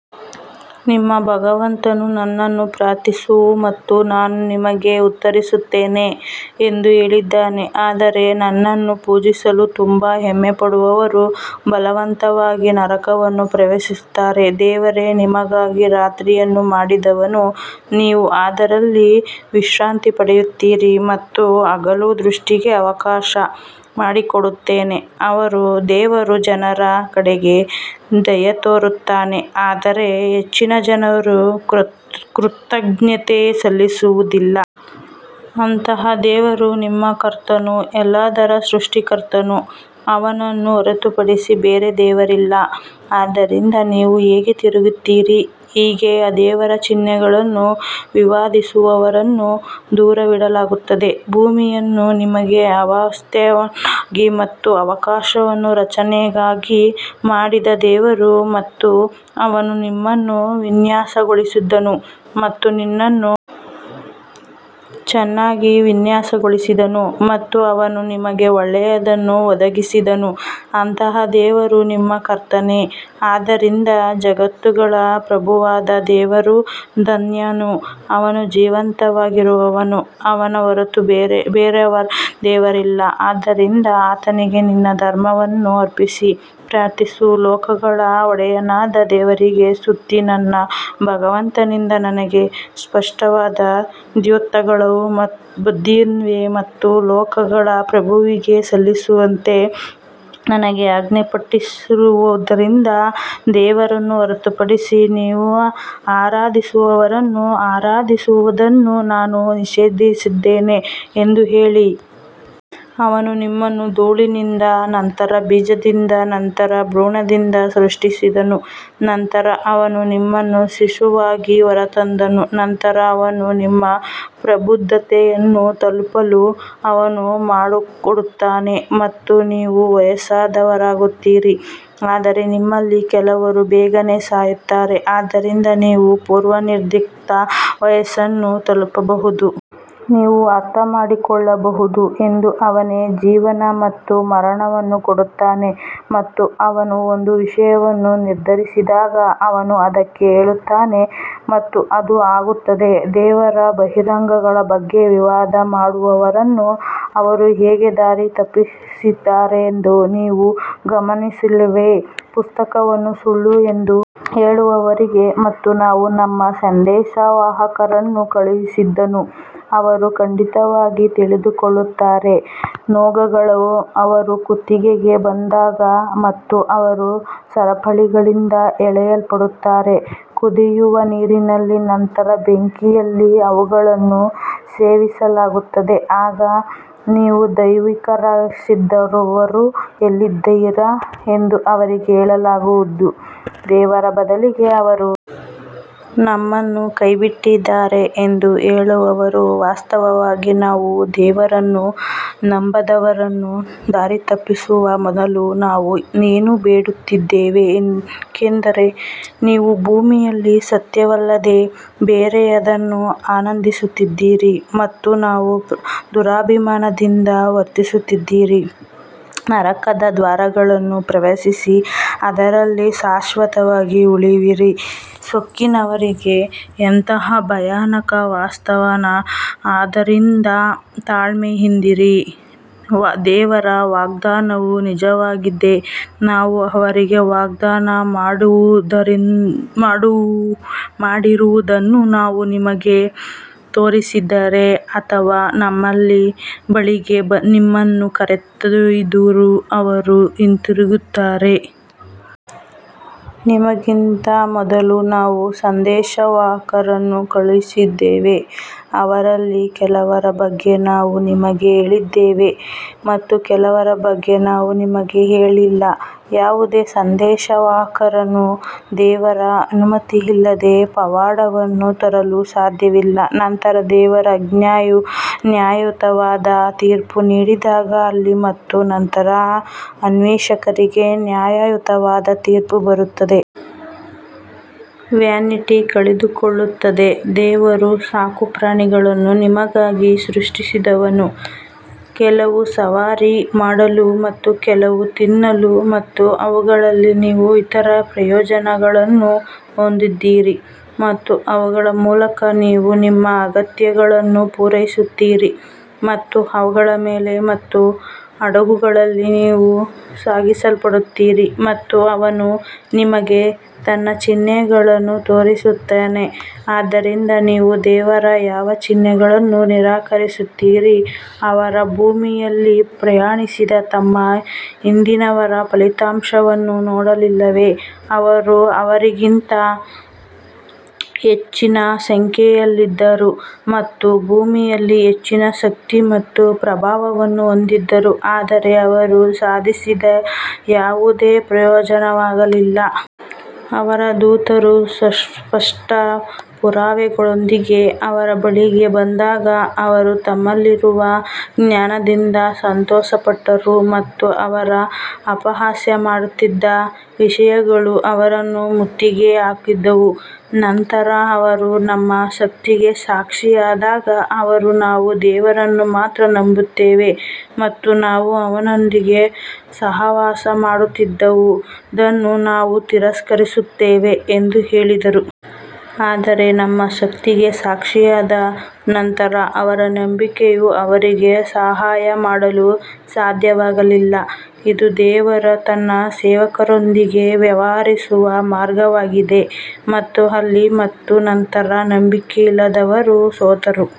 ನಿಮ್ಮ ಭಗವಂತನು ನನ್ನನ್ನು ಪ್ರಾರ್ಥಿಸು ಮತ್ತು ನಾನು ನಿಮಗೆ ಉತ್ತರಿಸುತ್ತೇನೆ ಎಂದು ಹೇಳಿದ್ದಾನೆ ಆದರೆ ನನ್ನನ್ನು ಪೂಜಿಸಲು ತುಂಬಾ ಹೆಮ್ಮೆಪಡುವವರು ಬಲವಂತವಾಗಿ ನರಕವನ್ನು ಪ್ರವೇಶಿಸುತ್ತಾರೆ ದೇವರೇ ನಿಮಗಾಗಿ ರಾತ್ರಿಯನ್ನು ಮಾಡಿದವನು ನೀವು ಅದರಲ್ಲಿ ವಿಶ್ರಾಂತಿ ಪಡೆಯುತ್ತೀರಿ ಮತ್ತು ಹಗಲು ದೃಷ್ಟಿಗೆ ಅವಕಾಶ ಮಾಡಿಕೊಡುತ್ತಾನೆ ದೇವರು ಜನರ ಕಡೆಗೆ ದಯೆತೋರುತ್ತಾನೆ ಆದರೆ ಹೆಚ್ಚಿನ ಜನರು ಕೃತಜ್ಞತೆ ಸಲ್ಲಿಸುವುದಿಲ್ಲ. ಅಂತಹ ದೇವರು ನಿಮ್ಮ ಕರ್ತನು ಎಲ್ಲದರ ಸೃಷ್ಟಿಕರ್ತನು ಅವನನ್ನು ಹೊರತುಪಡಿಸಿ ಬೇರೆ ದೇವರಿಲ್ಲ, ಆದ್ದರಿಂದ ನೀವು ಹೇಗೆ ತಿರುಗುತ್ತೀರಿ ಹೀಗೆ ದೇವರ ಚಿಹ್ನೆಗಳನ್ನು ವಿವಾದಿಸುವವರನ್ನು ದೂರವಿಡಲಾಗುತ್ತದೆ ಭೂಮಿಯನ್ನು ನಿಮಗೆ ಆವಾಸಸ್ಥಾನವಾಗಿ ಮತ್ತು ಆಕಾಶವನ್ನು ರಚನೆಯನ್ನಾಗಿ ಮಾಡಿದ ದೇವರು ಮತ್ತು ಅವನು ನಿಮ್ಮನ್ನು ವಿನ್ಯಾಸಗೊಳಿಸಿದನು ಮತ್ತು ನಿನ್ನನ್ನು ಚೆನ್ನಾಗಿ ವಿನ್ಯಾಸಗೊಳಿಸಿದನು ಮತ್ತು ಅವನು ನಿಮಗೆ ಒಳ್ಳೆಯದನ್ನು ಒದಗಿಸಿದನು ಅಂತಹ ದೇವರು ನಿಮ್ಮ ಕರ್ತನೇ ಆದ್ದರಿಂದ ಜಗತ್ತುಗಳ ಪ್ರಭುವಾದ ದೇವರು ಧನ್ಯನು ಅವನು ಜೀವಂತವಾಗಿರುವವನು ಅವನ ಹೊರತು ಬೇರಾವ ದೇವರಿಲ್ಲ ಆದ್ದರಿಂದ ಆತನಿಗೆ ನಿನ್ನ ಧರ್ಮವನ್ನು ಅರ್ಪಿಸಿ ಪ್ರಾರ್ಥಿಸು ಲೋಕಗಳ ಒಡೆಯನಾದ ದೇವರಿಗೆ ಸ್ತುತಿ ನನ್ನ ಭಗವಂತನಿಂದ ನನಗೆ ಸ್ಪಷ್ಟವಾದ ದ್ಯೋತಕಗಳು ಬಂದಿವೆ ಮತ್ತು ಲೋಕಗಳ ಪ್ರಭುವಿಗೆ ಸಲ್ಲಿಸುವಂತೆ ನನಗೆ ಆಜ್ಞಾಪಿಸಲ್ಪಟ್ಟಿರುವುದರಿಂದ ದೇವರನ್ನು ಹೊರತುಪಡಿಸಿ ನೀವು ಆರಾಧಿಸುವವರನ್ನು ಆರಾಧಿಸುವುದನ್ನು ನಾನು ನಿಷೇಧಿಸಿದ್ದೇನೆ ಎಂದು ಹೇಳಿ. ಅವನು ನಿಮ್ಮನ್ನು ಧೂಳಿನಿಂದ ನಂತರ ಬೀಜದಿಂದ ನಂತರ ಭ್ರೂಣದಿಂದ ಸೃಷ್ಟಿಸಿದನು ನಂತರ ಅವನು ನಿಮ್ಮನ್ನು ಶಿಶುವಾಗಿ ಹೊರತಂದನು ನಂತರ ಅವನು ನಿಮ್ಮ ಪ್ರಬುದ್ಧತೆಯನ್ನು ತಲುಪಲು ಅನುವು ಮಾಡಿಕೊಡುತ್ತಾನೆ ಮತ್ತು ನೀವು ವಯಸ್ಸಾದವರಾಗುತ್ತೀರಿ ಆದರೆ ನಿಮ್ಮಲ್ಲಿ ಕೆಲವರು ಬೇಗನೆ ಸಾಯುತ್ತಾರೆ, ಆದ್ದರಿಂದ ನೀವು ಪೂರ್ವನಿರ್ಧರಿತ ವಯಸ್ಸನ್ನು ತಲುಪಬಹುದು. ನೀವು ಅರ್ಥಮಾಡಿಕೊಳ್ಳಬಹುದು ಎಂದು ಅವನೇ ಜೀವನ ಮತ್ತು ಮರಣವನ್ನು ಕೊಡುತ್ತಾನೆ ಮತ್ತು ಅವನು ಒಂದು ವಿಷಯವನ್ನು ನಿರ್ಧರಿಸಿದಾಗ ಅವನು ಅದಕ್ಕೆ ಹೇಳುತ್ತಾನೆ ಮತ್ತು ಅದು ಆಗುತ್ತದೆ ದೇವರ ಬಹಿರಂಗಗಳ ಬಗ್ಗೆ ವಿವಾದ ಮಾಡುವವರನ್ನು ಅವರು ಹೇಗೆ ದಾರಿ ತಪ್ಪಿಸಿದ್ದಾರೆಂದು ನೀವು ಗಮನಿಸಿಲ್ಲವೇ? ಪುಸ್ತಕವನ್ನು ಸುಳ್ಳು ಎಂದು ಹೇಳುವವರಿಗೆ ಮತ್ತು ನಾವು ನಮ್ಮ ಸಂದೇಶವಾಹಕರನ್ನು ಕಳುಹಿಸಿದ್ದನ್ನು ಅವರು ಖಂಡಿತವಾಗಿ ತಿಳಿದುಕೊಳ್ಳುತ್ತಾರೆ ನೊಗಗಳು ಅವರ ಕುತ್ತಿಗೆಗೆ ಬಂದಾಗ ಮತ್ತು ಅವರು ಸರಪಳಿಗಳಿಂದ ಎಳೆಯಲ್ಪಡುತ್ತಾರೆ ಕುದಿಯುವ ನೀರಿನಲ್ಲಿ ನಂತರ ಬೆಂಕಿಯಲ್ಲಿ ಅವುಗಳನ್ನು ಸೇವಿಸಲಾಗುತ್ತದೆ ಆಗ ನೀವು ದೈವೀಕರಿಸಿದವರು ಎಲ್ಲಿದ್ದಾರೆ ಎಂದು ಅವರಿಗೆ ಹೇಳಲಾಗುವುದು ದೇವರ ಬದಲಿಗೆ ಅವರು ನಮ್ಮನ್ನು ಕೈಬಿಟ್ಟಿದ್ದಾರೆ ಎಂದು ಹೇಳುವರು ವಾಸ್ತವವಾಗಿ ನಾವು ದೇವರನ್ನು ನಂಬದವರನ್ನು ದಾರಿತಪ್ಪಿಸುವ ಮೊದಲು ನಾವು ಏನೂ ಬೇಡುತ್ತಿದ್ದೆವು ಏಕೆಂದರೆ ನೀವು ಭೂಮಿಯಲ್ಲಿ ಸತ್ಯವಲ್ಲದೆ ಬೇರೆಯದನ್ನು ಆನಂದಿಸುತ್ತಿದ್ದಿರಿ ಮತ್ತು ನೀವು ದುರಭಿಮಾನದಿಂದ ವರ್ತಿಸುತ್ತಿದ್ದಿರಿ ನರಕದ ದ್ವಾರಗಳನ್ನು ಪ್ರವೇಶಿಸಿ ಅದರಲ್ಲಿ ಶಾಶ್ವತವಾಗಿ ಉಳಿಯಿರಿ ಸೊಕ್ಕಿನವರಿಗೆ ಎಂತಹ ಭಯಾನಕ ವಾಸಸ್ಥಾನ ಆದ್ದರಿಂದ ತಾಳ್ಮೆಯಿಂದಿರಿ ದೇವರ ವಾಗ್ದಾನವು ನಿಜವಾಗಿದೆ ನಾವು ಅವರಿಗೆ ವಾಗ್ದಾನ ಮಾಡಿರುವುದನ್ನು ನಾವು ನಿಮಗೆ ತೋರಿಸಿದರೆ ಅಥವಾ ನಮ್ಮ ಬಳಿಗೆ ನಿಮ್ಮನ್ನು ಕರೆದೊಯ್ದರೂ ಅವರು ಹಿಂತಿರುಗುತ್ತಾರೆ. ನಿಮಗಿಂತ ಮೊದಲು ನಾವು ಸಂದೇಶವಾಹಕರನ್ನು ಕಳುಹಿಸಿದ್ದೇವೆ ಅವರಲ್ಲಿ ಕೆಲವರ ಬಗ್ಗೆ ನಾವು ನಿಮಗೆ ಹೇಳಿದ್ದೇವೆ ಮತ್ತು ಕೆಲವರ ಬಗ್ಗೆ ನಾವು ನಿಮಗೆ ಹೇಳಿಲ್ಲ ಯಾವುದೇ ಸಂದೇಶವಾಹಕನು ದೇವರ ಅನುಮತಿಯಿಲ್ಲದೆ ಪವಾಡವನ್ನು ತರಲು ಸಾಧ್ಯವಿಲ್ಲ ನಂತರ ದೇವರ ಆಜ್ಞೆಯು ನ್ಯಾಯಯುತವಾದ ತೀರ್ಪು ನೀಡಿದಾಗ ಅಲ್ಲಿ ಮತ್ತು ನಂತರ ಅನ್ವೇಷಕರಿಗೆ ನ್ಯಾಯಯುತವಾದ ತೀರ್ಪು ಬರುತ್ತದೆ. ವ್ಯಾನಿಟಿ ಕಳೆದುಕೊಳ್ಳುತ್ತದೆ ದೇವರು ಸಾಕು ಪ್ರಾಣಿಗಳನ್ನು ನಿಮಗಾಗಿ ಸೃಷ್ಟಿಸಿದವನು, ಕೆಲವು ಸವಾರಿ ಮಾಡಲು ಮತ್ತು ಕೆಲವು ತಿನ್ನಲು ಮತ್ತು ಅವುಗಳಲ್ಲಿ ನೀವು ಇತರ ಪ್ರಯೋಜನಗಳನ್ನು ಹೊಂದಿದ್ದೀರಿ ಮತ್ತು ಅವುಗಳ ಮೂಲಕ ನೀವು ನಿಮ್ಮ ಅಗತ್ಯಗಳನ್ನು ಪೂರೈಸುತ್ತೀರಿ ಮತ್ತು ಅವುಗಳ ಮೇಲೆ ಮತ್ತು ಹಡಗುಗಳಲ್ಲಿ ನೀವು ಸಾಗಿಸಲ್ಪಡುತ್ತೀರಿ ಮತ್ತು ಅವನು ನಿಮಗೆ ತನ್ನ ಚಿಹ್ನೆಗಳನ್ನು ತೋರಿಸುತ್ತಾನೆ ಆದ್ದರಿಂದ ನೀವು ದೇವರ ಯಾವ ಚಿಹ್ನೆಗಳನ್ನು ನಿರಾಕರಿಸುತ್ತೀರಿ ಅವರು ಭೂಮಿಯಲ್ಲಿ ಪ್ರಯಾಣಿಸಿ ತಮ್ಮ ಹಿಂದಿನವರ ಫಲಿತಾಂಶವನ್ನು ನೋಡಲಿಲ್ಲವೇ ಅವರು ಅವರಿಗಿಂತ ಹೆಚ್ಚಿನ ಸಂಖ್ಯೆಯಲ್ಲಿದ್ದರು ಮತ್ತು ಭೂಮಿಯಲ್ಲಿ ಹೆಚ್ಚಿನ ಶಕ್ತಿ ಮತ್ತು ಪ್ರಭಾವವನ್ನು ಹೊಂದಿದ್ದರು ಆದರೆ ಅವರು ಸಾಧಿಸಿದ ಯಾವುದೇ ಪ್ರಯೋಜನವಾಗಲಿಲ್ಲ. ಅವರ ದೂತರು ಸ್ಪಷ್ಟ ಪುರಾವೆಗಳೊಂದಿಗೆ ಅವರ ಬಳಿಗೆ ಬಂದಾಗ ಅವರು ತಮ್ಮಲ್ಲಿರುವ ಜ್ಞಾನದಿಂದ ಸಂತೋಷಪಟ್ಟರು ಮತ್ತು ಅವರು ಅಪಹಾಸ್ಯ ಮಾಡುತ್ತಿದ್ದ ವಿಷಯಗಳು ಅವರನ್ನು ಮುತ್ತಿಗೆ ಹಾಕಿದವು. ನಂತರ ಅವರು ನಮ್ಮ ಶಕ್ತಿಗೆ ಸಾಕ್ಷಿಯಾದಾಗ ಅವರು ನಾವು ದೇವರನ್ನು ಮಾತ್ರ ನಂಬುತ್ತೇವೆ ಮತ್ತು ನಾವು ಅವನೊಂದಿಗೆ ಸಹವಾಸ ಮಾಡುತ್ತಿದ್ದುದನ್ನು ನಾವು ತಿರಸ್ಕರಿಸುತ್ತೇವೆ ಎಂದು ಹೇಳಿದರು. ಆದರೆ ನಮ್ಮ ಶಕ್ತಿಗೆ ಸಾಕ್ಷಿಯಾದ ನಂತರ ಅವರ ನಂಬಿಕೆಯು ಅವರಿಗೆ ಸಹಾಯ ಮಾಡಲು ಸಾಧ್ಯವಾಗಲಿಲ್ಲ, ಇದು ದೇವರು ತನ್ನ ಸೇವಕರೊಂದಿಗೆ ವ್ಯವಹರಿಸುವ ಮಾರ್ಗವಾಗಿದೆ ಮತ್ತು ಅಲ್ಲಿ ಮತ್ತು ನಂತರ ನಂಬಿಕೆಯಿಲ್ಲದವರು ಸೋತರು.